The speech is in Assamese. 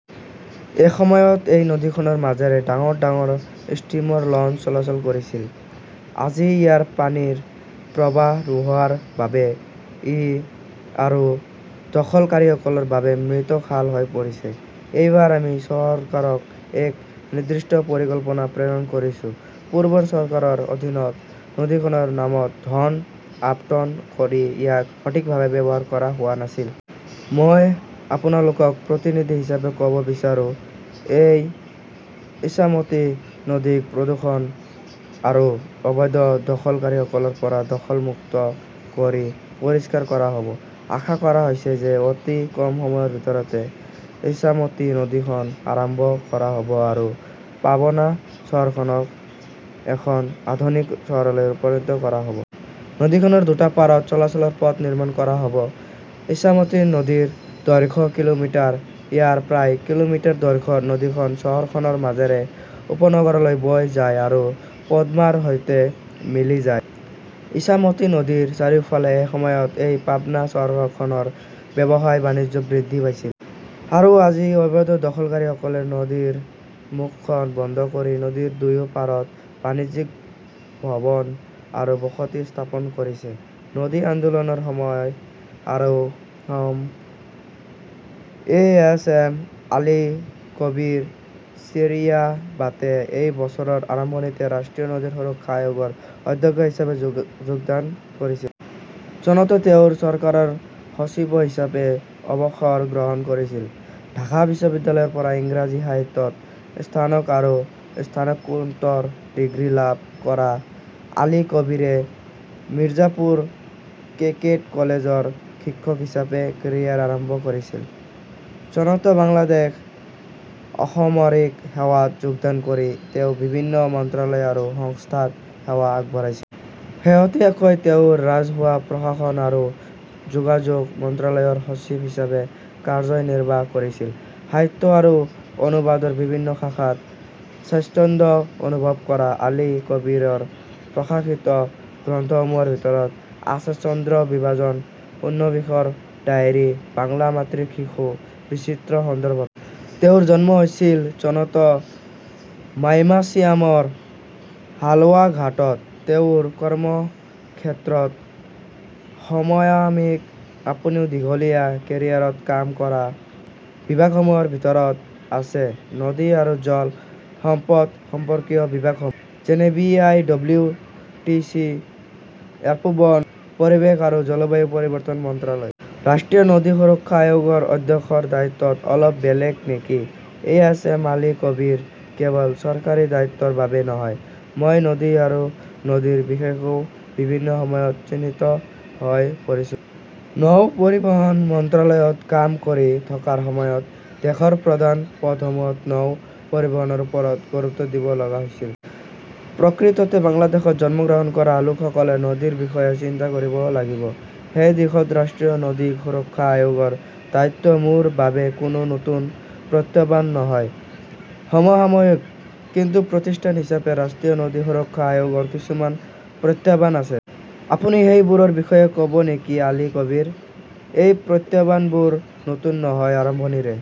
এসময়ত এই নদীখনৰ মাজেৰে ডাঙৰ ডাঙৰ ষ্টীমৰ, লঞ্চ চলাচল কৰিছিল। আজি ইয়াৰ পানীৰ প্ৰৱাহ নোহোৱাৰ বাবে ই আৰু দখলকাৰীসকলৰ বাবে মৃত খাল হৈ পৰিছে। এইবাৰ আমি চৰকাৰক এক নিৰ্দিষ্ট পৰিকল্পনা প্ৰেৰণ কৰিছো। পূৰ্বৰ চৰকাৰৰ অধীনত নদীখনৰ নামত ধন আবণ্টন কৰি ইয়াক সঠিকভাৱে ব্যৱহাৰ কৰা হোৱা নাছিল। মই আপোনালোকক প্ৰতিনিধি হিচাপে ক'ব বিচাৰো, এইবাৰ ইছামতি নদীক প্ৰদূষণ আৰু অবৈধ দখলকাৰীসকলৰ পৰা দখল মুক্ত কৰি পৰিষ্কাৰ কৰা হ'ব। আশা কৰা হৈছে যে অতি কম সময়ৰ ভিতৰতে ইছামতি নদী খনন আৰম্ভ কৰা হ'ব আৰু পাবনা চহৰখনক এখন আধুনিক চহৰলৈ ৰূপান্তৰিত কৰা হ'ব। নদীখনৰ দুটা পাৰত চলাচলৰ পথ নিৰ্মাণ কৰা হ’ব। ইছামতি নদীৰ দৈৰ্ঘ্য কিলোমিটাৰ। ইয়াৰ প্ৰায় কিলোমিটাৰ দৈৰ্ঘ্যৰ নদীখন চহৰখনৰ মাজেৰে উপনগৰলৈ বৈ যায় আৰু পদ্মাৰ সৈতে মিলি যায়। ইছামতী নদীৰ চাৰিওফালে এসময়ত এই পাবনা চহৰখনৰ ব্যৱসায়-বাণিজ্য বৃদ্ধি পাইছিল। আৰু আজি, অবৈধ দখলকাৰীসকলে নদীৰ মুখখন বন্ধ কৰি নদীৰ দুয়ো পাৰত বাণিজ্যিক ভৱন আৰু বসতি স্থাপন কৰিছে। নদী আন্দোলনৰ সময় আৰু সমন A. S. M. Ali Kabir চেৰনিয়াবাতে এই বছৰৰ আৰম্ভণিতে ৰাষ্ট্ৰীয় নদী সুৰক্ষা আয়োগৰ অধ্যক্ষ হিচাপে যোগদান কৰিছিল। চনত তেওঁ চৰকাৰৰ সচিব হিচাপে অৱসৰ গ্ৰহণ কৰিছিল। ঢাকা বিশ্ববিদ্যালয়ৰ পৰা ইংৰাজী সাহিত্যত স্নাতক আৰু স্নাতকোত্তৰ ডিগ্ৰী লাভ কৰা আলী কবীৰে মিৰ্জাপুৰ কেডেট কলেজৰ শিক্ষক হিচাপে কেৰিয়াৰ আৰম্ভ কৰিছিল। চনত বাংলাদেশ অসামৰিক সেৱাত যোগদান কৰি তেওঁ বিভিন্ন মন্ত্ৰালয় আৰু সংস্থাত সেৱা আগবঢ়াইছিল। শেহতীয়াভাৱে তেওঁ ৰাজহুৱা প্ৰশাসন আৰু যোগাযোগ মন্ত্ৰালয়ৰ সচিব হিচাপে কাৰ্যনিৰ্বাহ কৰিছিল। সাহিত্য আৰু অনুবাদৰ বিভিন্ন শাখাত স্বাচ্ছন্দ্য অনুভৱ কৰা আলী কবীৰৰ প্ৰকাশিত গ্ৰন্থসমূহৰ ভিতৰত আছে চন্দ্ৰ বিভাজন, ঊনবিংশৰ ডায়েৰী, বাংলা মাতৃৰ শিশু, বিচিত্ৰ সন্দৰ্ভত। তেওঁৰ জন্ম হৈছিল চনত মাইমানিছামৰ হালৱাঘাটত, পিতৃৰ কৰ্মক্ষেত্ৰত। সমসাময়িকঃ আপুনি দীঘলীয়া কেৰিয়াৰত কাম কৰা বিভাগসমূহৰ ভিতৰত আছে নদী আৰু জল সম্পদ সম্পৰ্কীয় বিভাগসমূহ। যেনে B. I. W. T. C. WARPO বন, পৰিৱেশ আৰু জলবায়ু পৰিৱৰ্তন মন্ত্ৰালয়। ৰাষ্ট্ৰীয় নদী সুৰক্ষা আয়োগৰ অধ্যক্ষৰ দায়িত্ব অলপ বেলেগ নেকি A. S. M. Ali Kabir কেৱল চৰকাৰী দায়িত্বৰ বাবেই নহয়, মই নদী আৰু নদীৰ বিষয়েও বিভিন্ন সময়ত চিন্তিত হৈ পৰিছো। নৌ পৰিবহণ মন্ত্ৰালয়ত কাম কৰি থকাৰ সময়ত দেশৰ প্ৰধান পথসমূহত নৌ পৰিবহণৰ ওপৰত গুৰুত্ব দিব লগা হৈছিল। প্ৰকৃততে বাংলাদেশত জন্মগ্ৰহণ কৰা লোকসকলে নদীৰ বিষয়ে চিন্তা কৰিব লাগিব। সেই দিশত ৰাষ্ট্ৰীয় নদী সুৰক্ষা আয়োগৰ দায়িত্ব মোৰ বাবে কোনো নতুন প্ৰত্যাহ্বান নহয়। সমসাময়িকঃ কিন্তু প্ৰতিষ্ঠান হিচাপে ৰাষ্ট্ৰীয় নদী সুৰক্ষা আয়োগৰ কিছুমান প্ৰত্যাহ্বান আছে। আপুনি সেইবোৰৰ বিষয়ে ক 'ব নেকি আলী কবীৰঃ এই প্ৰত্যাহ্বানবোৰ নতুন নহয়, আৰম্ভণিৰে